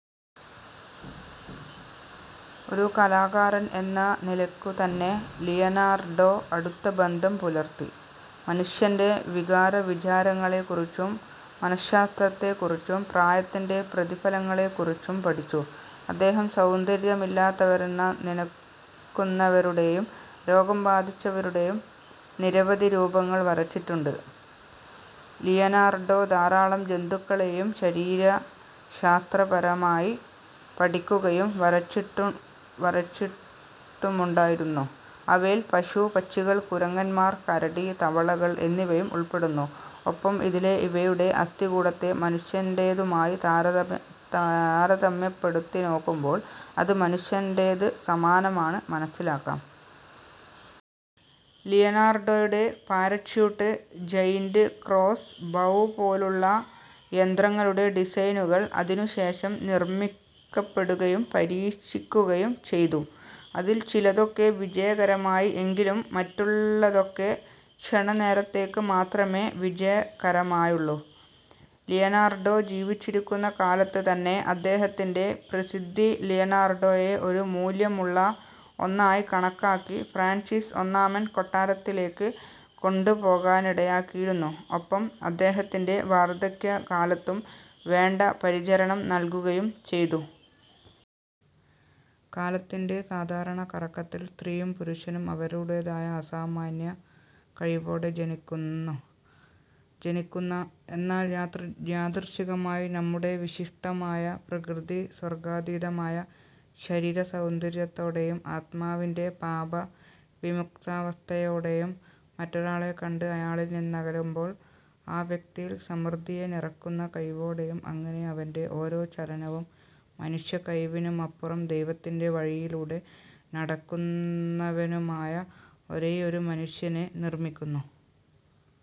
ഒരു കലാകാരൻ എന്ന നിലക്കു തന്നെ, ലിയനാർഡോ അടുത്തബന്ധം പുലർത്തി, മനുഷ്യന്റെ വികാരവിചാരങ്ങളെകുറിച്ചും, മനഃശാസ്ത്രത്തെകുറിച്ചും, പ്രായത്തിന്റെ പ്രതിഫലങ്ങളെകുറിച്ചും പഠിച്ചു. അദ്ദേഹം സൗന്ദര്യമില്ലാത്തവരെന്ന നിനക്കുന്നവരുടേയും, രോഗം ബാധിച്ചവരുടേയും നിരവധി രൂപങ്ങൾ വരച്ചിട്ടുണ്ട്. ലിയനാർഡോ ധാരാളം ജന്തുക്കളേയുംശരീരശാസ്ത്രപരമായി പഠിക്കുകയും, വരച്ചിട്ടുമുണ്ടായിരുന്നു, അവയിൽ പശു, പക്ഷികൾ, കുരങ്ങന്മാർ, കരടി, തവളകൾ എന്നിവയും ഉൾപ്പെടുന്നു, ഒപ്പം ഇതിലെ ഇവയുടെ അസ്ഥികൂടത്തെ മനുഷ്യന്റേതുമായി താരതമ്യപ്പെടുത്തിനോക്കുമ്പോൾ അത് മനുഷ്യന്റേത് സമാനമാണ് മനസ്സിലാക്കാം. ലിയനാർഡോയുടെ പാരച്യൂട്ട്, ജൈന്റ് ക്രോസ്സ് ബൗ പോലുള്ള യന്ത്രങ്ങളുടെ ഡിസൈനുകൾ അതിനുശേഷം നിർമ്മിക്കപ്പെടുകയും, പരീക്ഷിക്കുകയും ചെയ്തു. അതിൽ ചിലതൊക്കെ വിജയകരമായി, എങ്കിലും മറ്റുള്ളതൊക്കെ ക്ഷണനേരത്തേക്ക് മാത്രമേ വിജയകരമായുള്ളൂ. ലിയനാർഡോ ജീവിച്ചിരിക്കുന്ന കാലത്ത് തന്നെ അദ്ദേഹത്തിന്റെ പ്രസിദ്ധി, ലിയനാർഡോയെ ഒരു മൂല്ല്യമുള്ള ഒന്നായി കണക്കാക്കി ഫ്രാൻസിസ് ഒന്നാമൻ കൊട്ടാരത്തിലേക്ക് കൊണ്ടുപോകാനിടയാക്കിയിരുന്നു, ഒപ്പം അദ്ദേഹത്തിന്റെ വാർദ്ധക്യകാലത്തും വേണ്ട പരിചരണം നൽകുകയും ചെയ്തു. കാലത്തിന്റെ സാധാരണ കറക്കത്തിൽ സ്ത്രീയും, പുരുഷനും, അവരുടേതായ അസാമാന്യ കഴിവോടെ ജനിക്കുന്ന, എന്നാൽ യാദൃച്ഛികമായി നമ്മുടെ വിശിഷ്ടമായ പ്രകൃതി, സ്വർഗ്ഗാതീതമായ ശരീരസൗന്തര്യത്തോടേയും, ആത്മാവിന്റെ പാപവിമുക്താവസ്ഥയോടേയും, മറ്റൊരാളെ കണ്ട് അയാളിൽ നിന്നകലുമ്പോൾ ആ വ്യക്തിയിൽ സമൃദ്ധിയെ നിറക്കുന്ന കഴിവോടേയും, അങ്ങനെ അവന്റെ ഓരോ ചലനവും, മനുഷ്യ കഴിവിനുമപ്പുറം ദൈവത്തിന്റെ വഴിയിലൂടെ നടക്കുന്നവനുമായ ഒരേയൊരു മനുഷ്യനെ നിർമ്മിക്കുന്നു.